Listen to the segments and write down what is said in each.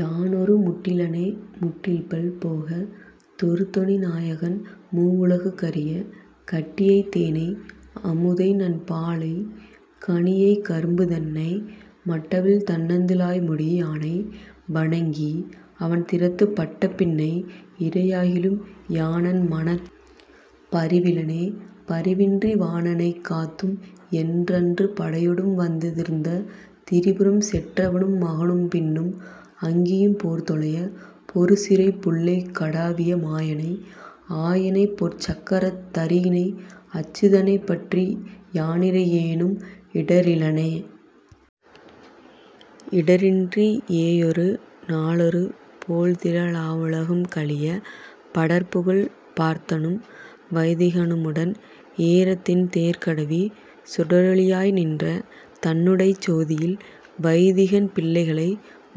யானொரு முட்டிலனே.. முட்டில்பல் போகத் தொருதனி நாயகன் மூவுல குக்குரிய, கட்டியைத் தேனை அமுதைநன் பாலைக் கனியைக் கரும்புதன்னை, மட்டவிழ் தண்ணந்து ழாய்முடி யானை வணங்கி அவன்திறத்துப் பட்டபின் னை, இறை யாகிலும் யானென் மனத்துப் பரிவிலனே.. பரிவின்றி வாணனைக் காத்தும் என் றன்று படையொடும் வந்தெதிர்ந்த திரிபுரம் செற்றவ னும்மக னும்பின்னும் அங்கியும் போர்தொலைய, பொருசிறைப் புள்ளைக் கடாவிய மாயனை ஆயனைப் பொற்சக்கரத் தரியினை, அச்சுத னைப்பற்றி யானிறை யேனும் இடரிலனே.. இடரின்றி யேயொரு நாளொரு போழ்திலெல் லாவுல கும்கழிய, படர்ப்புகழ்ப் பார்த்தனும் வைதிக னுமுடன் ஏறத்திண் தேர்க்கடவி, சுடரொளி யாய்நின்ற தன்னுடைச் சோதியில் வைதிகன் பிள்ளைகளை,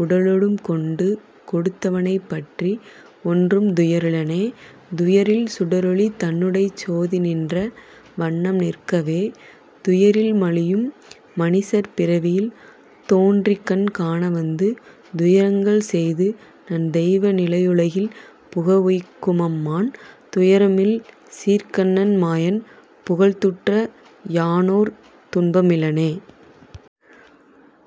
உடலொடும் கொண்டு கொடுத்தவ னைப்பற்றி ஒன்றும் துயரிலனே.. துயரில் சுடரொளி தன்னுடைச் சோதி நின்ற வண்ணம் நிற்கவே, துயரில் மலியும் மனிசர் பிறவியில் தோன்றிக்கண் காணவந்து, துயரங்கள் செய்து நன் தெய்வ நிலையுலகில் புக வுய்க்குமம்மான், துயரமில் சீர்க்கண்ணன் மாயன் புகழ்துற்ற யானோர்து ன்பமிலனே..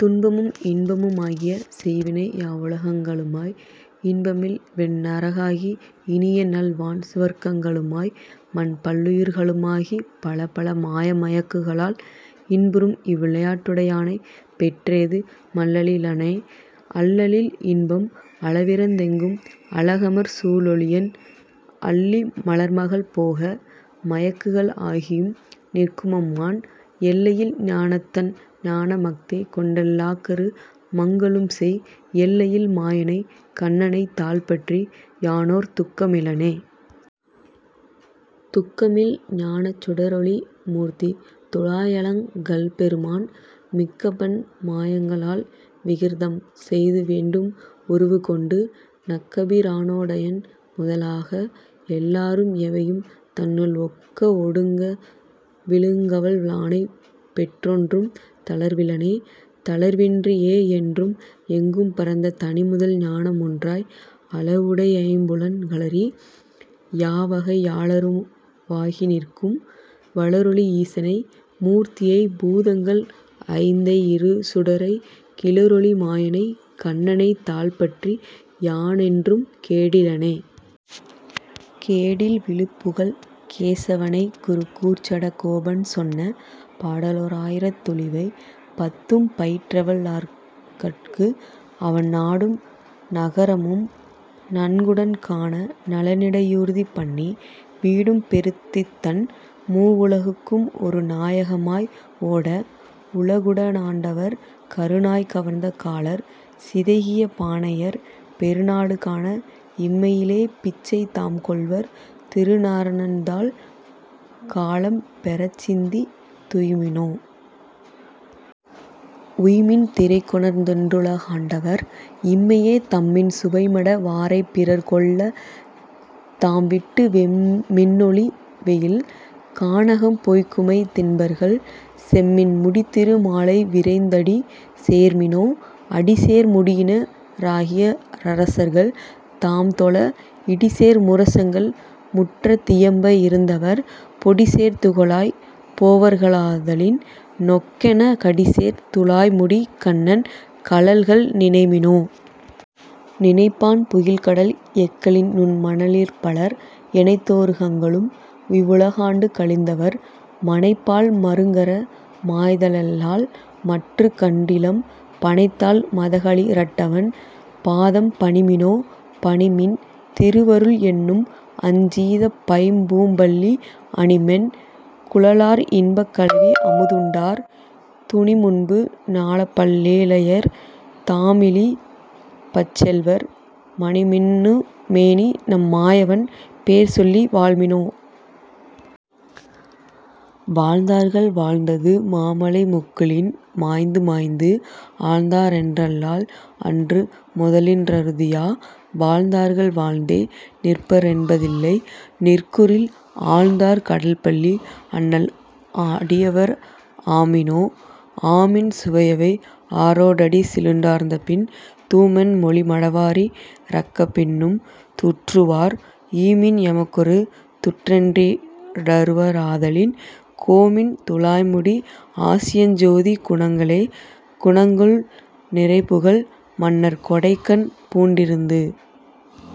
துன்பமும் இன்பமு மாகிய செய்வினை யாயுல கங்களுமாய், இன்பமில் வெந்நர காகி இனியநல் வான் சுவர்க் கங்களுமாய், மன்பல் லுயிர்களு மாகிப் பலபல மாய மயக்குகளால், இன்புரும் இவ்விளை யாட்டுடை யானைப்பெற் றேதுமல் லலிலனே.. அல்லலில் இன்பம் அளவிறந் தெங்கும் அழகமர் சூழொளியன், அல்லி மலர்மகள் போக மயக்குகள் ஆகியும் நிற்குமம்மான், எல்லையில் ஞானத்தன் ஞானமஃதேகொண்டெல் லாக்கரு மங்களும்செய், எல்லையில் மாயனைக் கண்ணனைத் தாள்பற்றி யானோர்துக் கமிலனே.. துக்கமில் ஞானச் சுடரொளி மூர்த்தி துழாயலங் கல்பெருமான், மிக்கபன் மாயங்க ளால்விகிர் தம்செய்து வேண்டும் உருவுகொண்டு, நக்கபி ரானோ டயன்முத லாகஎல் லாரும் எவையும், தன்னுள் ஒக்கவொ டுங்கவி ழுங்கவல் லானைப்பெற் றொன்றும் தளர்விலனே.. தளர்வின்றி யேயென்றும் எங்கும் பரந்த தனிமுதல் ஞானமொன்றாய், அளவுடை யைம்புலன் களறி யாவகை யாலரு வாகிநிற்கும், வளரொளி ஈசனை மூர்த்தியைப் பூதங்கள் ஐந்தை யிருசுடரை, கிளரொளி மாயனைக் கண்ணனைத் தாள்பற்றி யானென்றும் கேடிலனே. கேடில்வி ழுப்புகழ்க் கேசவ னைக்குரு கூர்ச்சட கோபன் சொன்ன, பாடலோ ராயிரத் துளிவை பத்தும் பயிற்றவல் லார்கட்கு, அவன் நாடும் நகரமும் நன்குடன் காண நலனிடை யூர்தி பண்ணி, வீடும்பெ றுத்தித்தன் மூவுல குக்கும் ஒருநா யகமாய் ஓட, வுலகுட னாண்டவர், கருநாய் கவர்ந்த காலர் சிதைகிய பானையர், பெருநாடு காண இம்மையிலேபிச்சை தாம்கொள்வர், திருநாரணன்தாள் காலம் பெறச்சிந்தித் துய்ம்மினோ.. உய்ம்மின் திறைகொணர்ந் தென்றுலகாண்டவர், இம்மையே தம்மின் சுவைமட வாரைப்பிறர் கொள்ளத் தாம்விட்டு வெம்மி னொளிவெயில் கானகம்போய்க்குமை தின்பர்கள், செம்மின் முடித்திரு மாலைவிரைந்தடி சேர்மினோ.. அடிசேர் முடியின ராகியரசர்கள் தாம்தொழ, இடிசேர் முரசங்கள் முற்றத்தியம்ப இருந்தவர், பொடிசேர் துகளாய்ப் போவர்களாதலின் நொக்கென கடிசேர் துழாய்முடிக் கண்ணன் கழல்கள் நினைமினோ.. நினைப்பான் புகில்கடல் எக்கலின் நுண்மண லிற்பலர், எனைத்தோ ருகங்களும் இவ்வுல காண்டு கழிந்தவர், மனைப்பால் மருங்கற மாய்தலல்லால்மற்றுக் கண்டிலம், பனைத்தாள் மதகளி றட்டவன் பாதம் பணிமினோ.. பணிமின் திருவருள் என்னும்அஞ்சீதப் பைம்பூம்பள்ளி, அணிமென் குழலார் இன்பக்கலவி அமுதுண்டார், துணிமுன்பு நாலப்பல் லேழையர் தாமிழிப் பச்செல்வர், மணிமின்னு மேனிநம் மாயவன் பேர்சொல்லி வாழ்மினோ.. வாழ்ந்தார்கள் வாழ்ந்தது மாமழை மொக்குளின் மாய்ந்துமாய்ந்து, ஆழ்ந்தாரென் றல்லால் அன்று முதலின் றறுதியா, வாழ்ந்தார்கள் வாழ்ந்தே நிற்பரென் பதில்லை நிற்குறில், ஆழ்ந்தார் கடல்பள்ளி அண்ணல் அடியவர் ஆமினோ.. ஆமின் சுவையவை ஆறொடடிசிலுண் டார்ந்தபின், தூமென் மொழிமட வாரிரக்கப்பின்னும் துற்றுவார், ஈமின் எமக்கொரு துற் றென்றிடறுவ ராதலின், கோமின் துழாய்முடி ஆதியஞ்சோதி குணங்களே.. குணங்கொள் நிறைபுகழ் மன்னர்க்கொடைக்கடன் பூண்டிருந்து,